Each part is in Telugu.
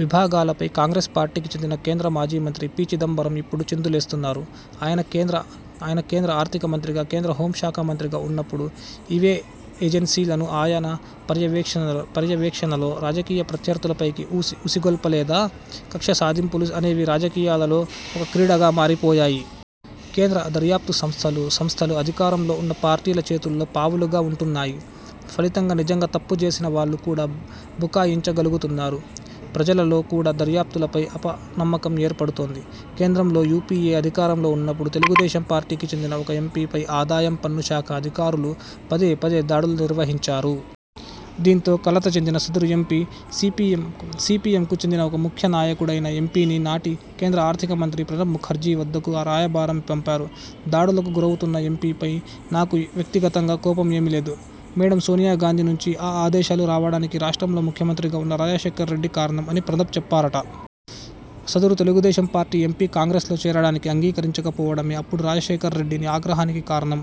విభాగాలపై కాంగ్రెస్ పార్టీకి చెందిన కేంద్ర మాజీ మంత్రి పి. చిదంబరం ఇప్పుడు చిందు లేస్తున్నారు. ఆయన కేంద్ర ఆర్థిక మంత్రిగా, కేంద్ర హోం శాఖ మంత్రిగా ఉన్నప్పుడు ఇవే ఏజెన్సీలను ఆయన పర్యవేక్షణలో రాజకీయ ప్రత్యర్థులపైకి ఉసి గొల్పలేదా? కక్ష సాధింపులు అనేవి రాజకీయాలలో ఒక క్రీడగా మారి పోయాయి. కేంద్ర దర్యాప్తు సంస్థలు అధికారంలో ఉన్న పార్టీల చేతుల్లో పావులుగా ఉంటున్నాయి. ఫలితంగా నిజంగా తప్పుచేసిన వాళ్లు కూడా బుకాయించ గలుగుతున్నారు. ప్రజలలో కూడా దర్యాప్తులపై అప నమ్మకం ఏర్పడుతోంది. కేంద్రంలో యూపీఏ అధికారంలో ఉన్నప్పుడు తెలుగుదేశం పార్టీకి చెందిన ఒక ఎంపీ పై ఆదాయం పన్ను శాఖ అధికారులు పదే పదే దాడులు నిర్వహించారు. దీంతో కలత చెందిన సదరు ఎంపీ సీపీఎంకు చెందిన ఒక ముఖ్య నాయకుడైన ఎంపీని నాటి కేంద్ర ఆర్థిక మంత్రి ప్రణబ్ ముఖర్జీ వద్దకు రాయబారం పంపారు. ''దాడులకు గురవుతున్న ఎంపీ పై నాకు వ్యక్తి గతంగా కోపం ఏమీలేదు. మేడం సోనియా గాంధీ నుంచి ఆ ఆదేశాలు రావడానికి రాష్ట్రంలో ముఖ్యమంత్రిగా ఉన్న రాజశేఖర్రెడ్డి కారణం'' అని ప్రణబ్ చెప్పారట. సదరు తెలుగు దేశం పార్టీ ఎంపీ కాంగ్రెస్లో చేరడానికి అంగీకరించక పోవడమే అప్పుడు రాజశేఖర్రెడ్డి ఆగ్రహానికి కారణం!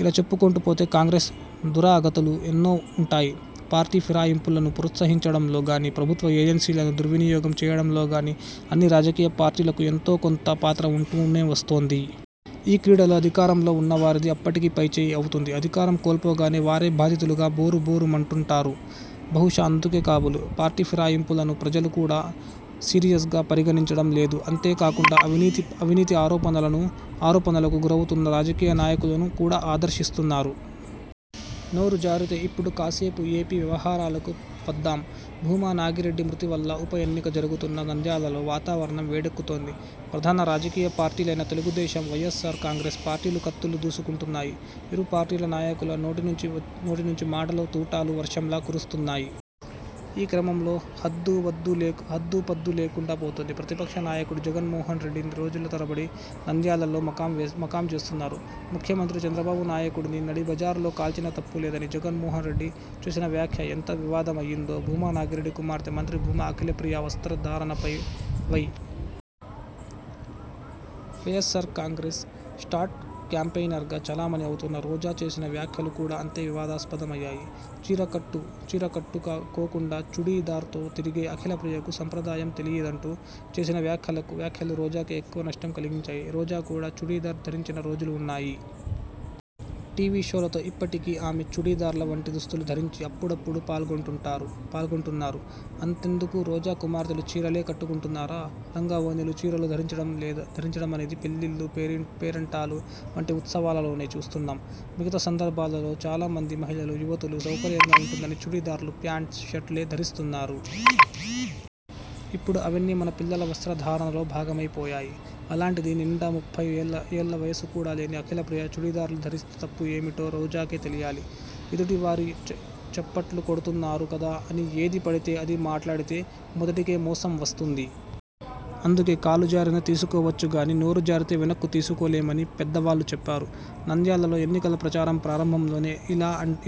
ఇలా చెప్పుకొంటూ పోతే కాంగ్రెస్ దురాగతాలు ఎన్నో ఉంటాయి. పార్టీ ఫిరాయింపులను ప్రోత్సహించడంలో గానీ, ప్రభుత్వ ఏజెన్సీలను దుర్వినియోగం చేయడంలో గానీ అన్ని రాజకీయ పార్టీలకు ఎంతో కొంత పాత్ర ఉంటూనే వస్తోంది. ఈ క్రీడలో అధికారం లో ఉన్నవారిది అప్పటికి పైచేయి అవుతుంది. అధికారం కోల్పోగానే వారే బాధితులుగా బోరుబోరు మంటుంటారు. బహుశా అందుకే కాబోలు పార్టీ ఫిరాయింపులను ప్రజలు కూడా సీరియస్గా పరిగణించడం లేదు. అంతే కాకుండా అవినీతి ఆరోపణలకు గురవుతున్న రాజకీయ నాయకులను కూడా ఆదరిస్తున్నారు. నోరు జారితే, ఇప్పుడు కాసేపు ఏపీ వ్యవహారాలకు వద్దాం. భూమా నాగిరెడ్డి మృతి వల్ల ఉప ఎన్నిక జరుగుతున్న నంద్యాలలో వాతావరణం వేడెక్కుతోంది. ప్రధాన రాజకీయ పార్టీలైన తెలుగు దేశం, వైఎస్ఆర్ కాంగ్రెస్ పార్టీలు కత్తులు దూసుకుంటున్నాయి. ఇరు పార్టీల నాయకుల నోటి నుంచి మాటల తూటాలు వర్షంలా కురుస్తున్నాయి. ఈ క్రమంలో హద్దూ, పద్దూ లేకుండా పోతోంది. ప్రతిపక్ష నాయకుడు జగన్మోహన్రెడ్డి రోజుల తరబడి నంద్యాలలో మకాం చేస్తున్నారు. ముఖ్యమంత్రి చంద్రబాబు నాయుడిని నడి బజారులో కాల్చినా తప్పులేదని జగన్మోహన్రెడ్డి చేసిన వ్యాఖ్య ఎంత వివాదం అయ్యిందో, భూమా నాగిరెడ్డి కుమార్తె మంత్రి భూమా అఖిల ప్రియ వస్త్ర ధారణపై Y. S. R. Congress star క్యాంపెయినర్గా చలామణి అవుతున్న రోజా చేసిన వ్యాఖ్యలు కూడా అంతే వివాదాస్పదం అయ్యాయి. చీర కట్టు కోకుండా చుడీ దార్తో తిరిగే అఖిల ప్రియకు సంప్రదాయం తెలియ దంటూ చేసిన వ్యాఖ్యలు రోజాకే ఎక్కువ నష్టం కలిగించాయి. రోజా కూడా చుడీ దార్ ధరించిన రోజులు ఉన్నాయి. టెలీషోలలో ఇప్పటికీ ఆమె చుడీ దార్ల వంటి దుస్తులు ధరించి అప్పుడప్పుడు పాల్గొంటున్నారు. అంతెందుకు రోజా కుమార్తెలు చీరలే కట్టుకుంటున్నారా? లంగా, ఓణీలు, చీరలు ధరించడం అనేది పెళ్లిళ్లు, పేరంటాలు వంటి ఉత్సవాల లోనే చూస్తున్నాం. మిగతా సందర్భాలలో చాలా మంది మహిళలు, యువతులు సౌకర్యంగా ఉంటుందని చుడీ దార్లు, ప్యాంట్, షర్టులే ధరిస్తున్నారు. ఇప్పుడు అవన్నీ మన పిల్లల వస్త్ర ధారణలో భాగమై పోయాయి. అలాంటిది, నిండా ముప్పై ఏళ్ల వయసు కూడా లేని అఖిల ప్రియ చుడీ దార్లు ధరిస్తే తప్పు ఏమిటో రోజాకే తెలియాలి. ఎదుటి వారు చప్పట్లు కొడుతున్నారు కదా అని ఏది పడితే అది మాట్లాడితే మొదటికే మోసం వస్తుంది. అందుకే కాలు జారినా తీసుకోవచ్చు గానీ, నోరు జారితే వెనక్కు తీసుకోలేమని పెద్దవాళ్లు చెప్పారు. నంద్యాలలో ఎన్నికల ప్రచారం ప్రారంభం లోనే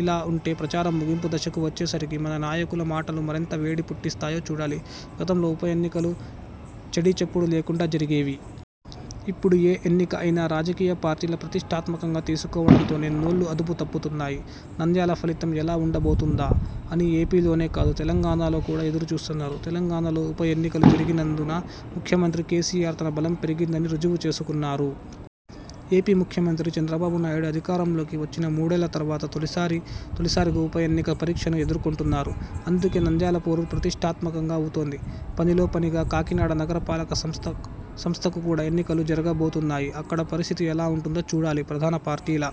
ఇలా ఉంటే ప్రచారం ముగింపు దశకు వచ్చే నాటికి మన నాయకుల మాటలు మరెంత వేడి పుట్టిస్తాయో చూడాలి. గతంలో ఉప ఎన్నికలు చడీ చప్పుడు లేకుండా జరిగేవి. ఇప్పుడు ఏ ఎన్నిక అయినా రాజకీయ పార్టీలు ప్రతిష్ఠాత్మకంగా తీసుకోవడం తోనే నోళ్లు అదుపు తప్పుతున్నాయి. నంద్యాల ఫలితం ఎలా ఉండ బోతుందా? అని ఏపీలోనే కాదు, తెలంగాణలో కూడా ఎదురు చూస్తున్నారు. తెలంగాణలో ఉప ఎన్నికలు జరిగినందున ముఖ్యమంత్రి కేసీఆర్ తన బలం పెరిగిందని రుజువు చేసుకున్నారు. ఏపీ ముఖ్యమంత్రి చంద్రబాబు నాయుడు అధికారం లోకి వచ్చిన మూడేళ్ల తర్వాత తొలిసారిగా ఉప ఎన్నిక పరీక్షను ఎదుర్కొంటున్నారు. అందుకే నంద్యాల పోరు ప్రతిష్ఠాత్మకం అవుతోంది. పనిలో పనిగా కాకినాడ నగర పాలక సంస్థకు కూడా ఎన్నికలు జరగబోతున్నాయి. అక్కడ పరిస్థితి ఎలా ఉంటుందో చూడాలి. ప్రధాన పార్టీల